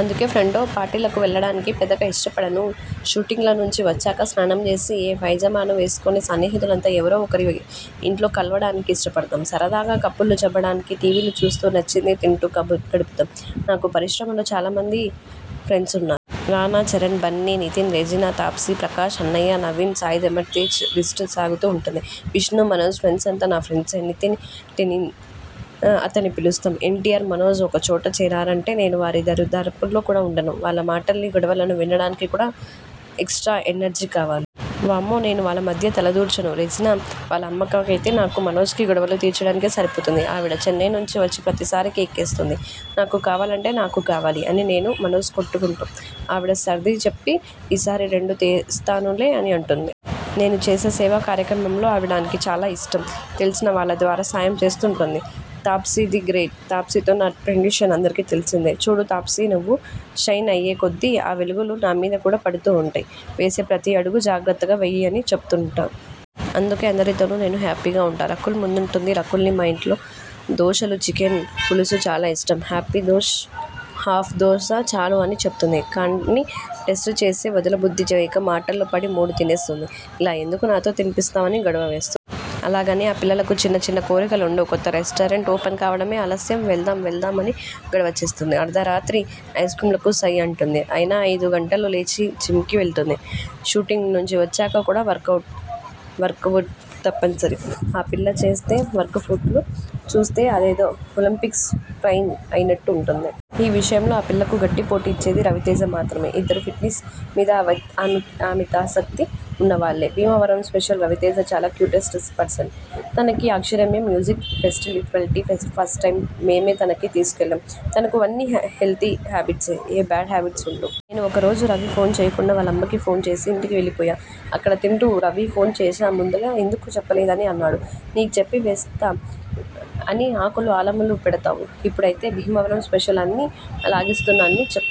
అందుకే ఫ్రెండ్స్తో పార్టీలకు వెళ్లడాన్ని పెద్దగా ఇష్టపడను. షూటింగులనుంచి వచ్చాక స్నానం చేసి ఏ పైజామానో వేసుకుని సన్నిహితులంతా ఎవరో ఒకరి ఇంట్లో కలవడానికి ఇష్టపడతాం. సరదాగా కబుర్లు చెప్పుకుని టీవీలు చూస్తూ, నచ్చింది తింటూ గడుపుతాం. నాకు పరిశ్రమలో చాలా మంది ఫ్రెండ్స్ ఉన్నారు. రానా, చరణ్, బన్ని, నితిన్, రెజీనా, తాప్సీ, ప్రకాశ్ అన్నయ్య, నవీన్, సాయిధరమ్తేజ్ లిస్టు సాగుతూ ఉంటుంది. విష్ణు, మనోజ్ ఫ్రెండ్సంతా నా ఫ్రెండ్సే. నితిన్ని టిన్టిన్ అని పిలుస్తాం. ఎన్టీఆర్, మనోజ్ ఒక చోట చేరారంటే నేను వారి దరిదాపుల్లో కూడా ఉండను. వాళ్ల మాటల్ని, గొడవలను వినడానికి కూడా ఎక్స్ట్రా ఎనర్జీ కావాలి. వామ్మో నేను వాళ్ల మధ్య తలదూర్చను. రెజీనా వాళ్ల అమ్మకైతే నాకు, మనోజ్కీ గొడవలు తీర్చడానికే సరిపోతుంది. ఆవిడ చెన్నై నుంచి వచ్చే ప్రతిసారీ కేకు తెస్తుంది. 'నాకు కావాలంటే నాకు కావాలి' అని నేను, మనోజ్ కొట్టుకుంటాం. ఆవిడ సర్దిచెప్పి 'ఈసారి రెండు తెస్తానులే' అని అంటుంది. నేను చేసే సేవా కార్యక్రమాలంటే ఆవిడకి చాలా ఇష్టం. తెలిసిన వాళ్ల ద్వారా సాయంచేయిస్తుంటుంది. Taapsee the great! తాప్సీతో నా ఫ్రెండ్షిప్ అందరికీ తెలిసిందే. 'చూడు తాప్సీ నువ్వు షైన్ అయ్యేకొద్దీ ఆ వెలుగులు నామీద కూడా పడుతూ ఉంటాయి. వేసే ప్రతి అడుగూ జాగ్రత్తగా వెయ్యి' అని చెప్తుంటా. అందుకే అందరితోనూ నేను హ్యాపీగా ఉంటా. రకుల్ ముందుంటుంది! రకుల్కి మా ఇంట్లో దోశలు, చికెన్ పులుసు చాలా ఇష్టం. 'హాఫ్ దోశ చాలు ' అని చెబుతుంది. కానీ టేస్ట్ చేసి వదలబుద్ధి వేయక మాటల్లో పడి మూడు తినేస్తుంది. 'ఇలా ఎందుకు నాతో తినిపిస్తావ్' అని గొడవచేస్తుంది. అలాగని ఆ పిల్లకు చిన్న చిన్న కోరికలుండవు. కొత్త రెస్టారెంట్ ఓపెన్ కావడమే ఆలస్యం 'వెళ్దాం వెళ్దాం' అని గొడవ చేస్తుంది. అర్థరాత్రి ఐస్క్రీమ్లకు సై అంటుంది. అయినా ఐదు గంటలకు లేచి జిమ్కి వెళ్తుంది. షూటింగ్ నుంచి వచ్చాక కూడా వర్కవుట్ తప్పనిసరి. ఆ పిల్ల చేసే వర్కవుట్లు చూస్తే అదేదో ఒలింపిక్స్కి ట్రెయిన్ అయినట్టు ఉంటుంది. ఈ విషయంలో ఆ పిల్లకు గట్టిపోటీ ఇచ్చేది రవితేజ మాత్రమే. ఇద్దరూ ఫిట్నెస్ మీద అమితాసక్తి ఉన్నవాళ్లే. భీమవరం స్పెషల్స్! రవితేజ చాలా క్యూటెస్ట్ పర్సన్. తనకన్నీ ఆశ్చర్యమే. మ్యూజిక్ ఫెస్టివల్కి ఫస్ట్టైమ్ మేమే తనని తీసుకెళ్లాం. తనకున్నవన్నీ హెల్దీ హ్యాబిట్సే. ఏ బ్యాడ్ హాబెట్స్ ఉండవు. నేను ఒక రోజు రవికి ఫోన్ చేయకుండా వాళ్లమ్మకి ఫోన్ చేసి ఇంటికి వెళ్లిపోయా. అక్కడ తింటూ రవికి ఫోన్ చేశా ముందుగా ఎందుకు చెప్పలేదు అని అన్నాడు. ' నీకు చెప్పి వేస్త అన్నీ ఆకులు అలములు పెడతావు. ఇప్పుడైతే భీమవరం స్పెషల్స్ అన్నీ లాగిస్తున్నా' అని చెప్పా.